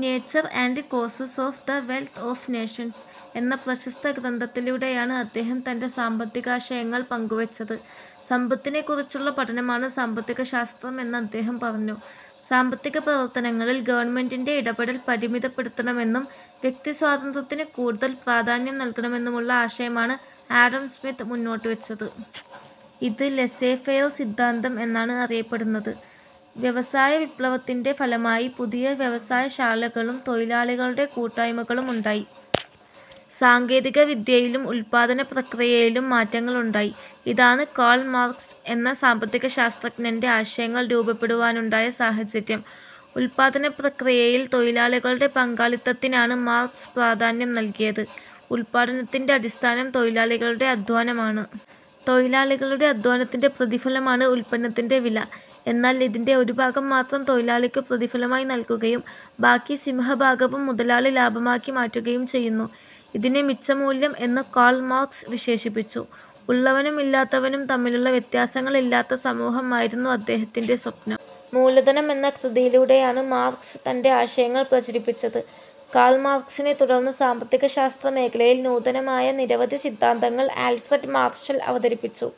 'Nature and causes of the wealth of nations' എന്ന പ്രശസ്ത ഗ്രന്ഥത്തിലൂടെയാണ് അദ്ദേഹം തന്റെ സാമ്പത്തികാശയങ്ങൾ പങ്കുവച്ചത്. സമ്പത്തിനെക്കുറിച്ചുള്ള പഠനമാണ് സാമ്പത്തികശാസ്ത്രം എന്ന് അദ്ദേഹം പറഞ്ഞു. സാമ്പത്തിക പ്രവർത്തനങ്ങളിൽ ഗവൺമെന്റിന്റെ ഇടപെടൽ പരിമിതപ്പെടുത്തണമെന്നും വ്യക്തിസ്വാതന്ത്ര്യത്തിന് കൂടുതൽ പ്രാധാന്യം നൽകണമെന്നുമുള്ള ആശയമാണ് ആഡം സ്മിത്ത് മുന്നോട്ടുവച്ചത്. ഇത് ലെസേഫെയർ സിദ്ധാന്തം എന്നാണ് അറിയപ്പെടുന്നത്. വ്യവസായവിപ്ലവത്തിന്റെ ഫലമായി പുതിയ വ്യവസായശാലകളും തൊഴിലാളികളുടെ കൂട്ടായ്മകളും ഉണ്ടായി. സാങ്കേതിക വിദ്യയിലും ഉൽപ്പാദന പ്രക്രിയയിലും മാറ്റങ്ങളുണ്ടായി. ഇതാണ് കാൾ മാർക്സ് എന്ന സാമ്പത്തികശാസ്ത്രജ്ഞന്റെ ആശയങ്ങൾ രൂപപ്പെടുവാനുണ്ടായ സാഹചര്യം. ഉൽപ്പാദനപ്രക്രിയയിൽ തൊഴിലാളികളുടെ പങ്കാളിത്തത്തിനാണ് മാർക്സ് പ്രാധാന്യം നൽകിയത്. ഉല്പാദനത്തിന്റെ അടിസ്ഥാനം തൊഴിലാളികളുടെ അധ്വാനമാണ്. തൊഴിലാളികളുടെ അധ്വാനത്തിന്റെ പ്രതിഫലമാണ് ഉല്പന്നത്തിന്റെ വില. എന്നാൽ ഇതിന്റെ ഒരു ഭാഗം മാത്രം തൊഴിലാളിക്കു പ്രതിഫലമായി നൽകുകയും ബാക്കി സിംഹഭാഗവും മുതലാളി ലാഭമാക്കി മാറ്റുകയും ചെയ്യുന്നു. ഇതിനെ മിച്ചമൂല്യം എന്ന് കാൾ മാർക്സ് വിശേഷിപ്പിച്ചു. ഉള്ളവനും ഇല്ലാത്തവനും തമ്മിലുള്ള വ്യത്യാസങ്ങളില്ലാത്ത സമൂഹം ആയിരുന്നു അദ്ദേഹത്തിന്റെ സ്വപ്നം. മൂലധനം എന്ന കൃതിയിലൂടെയാണ് മാർക്സ് തന്റെ ആശയങ്ങൾ പ്രചരിപ്പിച്ചത്. കാൾ മാർക്സിനെത്തുടർന്ന് സാമ്പത്തികശാസ്ത്ര മേഖലയിൽ നൂതനമായ നിരവധി സിദ്ധാന്തങ്ങൾ ആൽഫ്രഡ് മാർഷൽ അവതരിപ്പിച്ചു.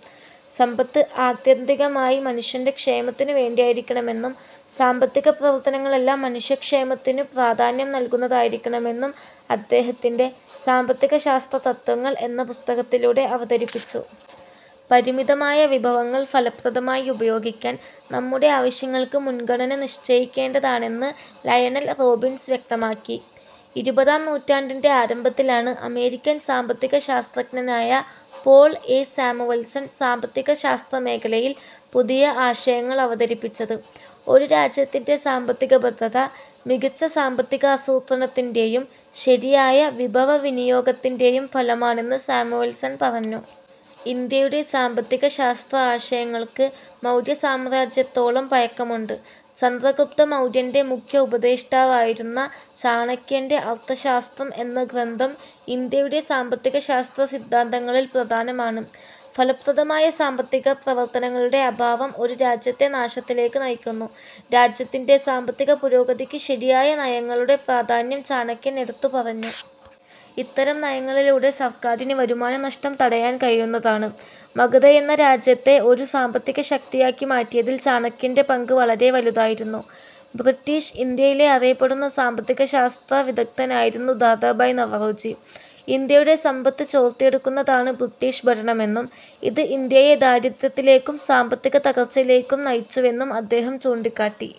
സമ്പത്ത് ആത്യന്തികമായി മനുഷ്യന്റെ ക്ഷേമത്തിനു വേണ്ടിയായിരിക്കണമെന്നും സാമ്പത്തിക പ്രവർത്തനങ്ങളെല്ലാം മനുഷ്യ ക്ഷേമത്തിനു പ്രാധാന്യം നൽകുന്നതായിരിക്കണമെന്നും അദ്ദേഹത്തിന്റെ സാമ്പത്തികശാസ്ത്ര തത്വങ്ങൾ' എന്ന പുസ്തകത്തിലൂടെ അവതരിപ്പിച്ചു. പരിമിതമായ വിഭവങ്ങൾ ഫലപ്രദമായി ഉപയോഗിക്കാൻ നമ്മുടെ ആവശ്യങ്ങൾക്ക് മുൻഗണന നിശ്ചയിക്കേണ്ടതാണെന്ന് ലയണൽ റോബിൻസ് വ്യക്തമാക്കി. ഇരുപതാം നൂറ്റാണ്ടിന്റെ ആരംഭത്തിലാണ് അമേരിക്കൻ സാമ്പത്തിക ശാസ്ത്രജ്ഞനായ പോൾ എ. സാമുവൽസൺ സാമ്പത്തിക ശാസ്ത്രമേഖലയിൽ പുതിയ ആശയങ്ങൾ അവതരിപ്പിച്ചത്. ഒരു രാജ്യത്തിന്റെ സാമ്പത്തിക ഭദ്രത, മികച്ച സാമ്പത്തികാസൂത്രണത്തിന്റെയും ശരിയായ വിഭവവിനിയോഗത്തിന്റെയും ഫലമാണെന്ന് സാമുവൽസൺ പറഞ്ഞു. ഇന്ത്യയുടെ സാമ്പത്തിക ശാസ്ത്രആശയങ്ങൾക്ക് മൗര്യസാമ്രാജ്യത്തോളം പഴക്കമുണ്ട്. ചന്ദ്രഗുപ്ത മൗര്യന്റെ മുഖ്യ ഉപദേഷ്ടാവായിരുന്ന ചാണക്യന്റെ അർത്ഥശാസ്ത്രം എന്ന ഗ്രന്ഥം ഇന്ത്യയുടെ സാമ്പത്തികശാസ്ത്ര സിദ്ധാന്തങ്ങളിൽ പ്രധാനമാണ്. ഫലപ്രദമായ സാമ്പത്തിക പ്രവർത്തനങ്ങളുടെ അഭാവം ഒരു രാജ്യത്തെ നാശത്തിലേക്ക് നയിക്കുന്നു. രാജ്യത്തിന്റെ സാമ്പത്തിക പുരോഗതിക്ക് ശരിയായ നയങ്ങളുടെ പ്രാധാന്യം ചാണക്യൻ എടുത്തു പറഞ്ഞു. ഇത്തരം നയങ്ങളിലൂടെ സർക്കാരിന് വരുമാനനഷ്ടം തടയാൻ കഴിയുന്നതാണ്. മഗധയെന്ന രാജ്യത്തെ ഒരു സാമ്പത്തിക ശക്തിയാക്കി മാറ്റിയതിൽ ചാണക്യന്റെ പങ്ക് വളരെ വലുതായിരുന്നു. ബ്രിട്ടീഷ് ഇന്ത്യയിലെ അറിയപ്പെടുന്ന സാമ്പത്തിക ശാസ്ത്ര വിദഗ്ധനായിരുന്നു ദാദാഭായ് നവറോജി. ഇന്ത്യയുടെ സമ്പത്ത് ചോർത്തിയെടുക്കുന്നതാണ് ബ്രിട്ടീഷ് ഭരണമെന്നും, ഇത് ഇന്ത്യയെ ദാരിദ്ര്യത്തിലേക്കും സാമ്പത്തിക തകർച്ചയിലേക്കും നയിച്ചുവെന്നും അദ്ദേഹം ചൂണ്ടിക്കാട്ടി.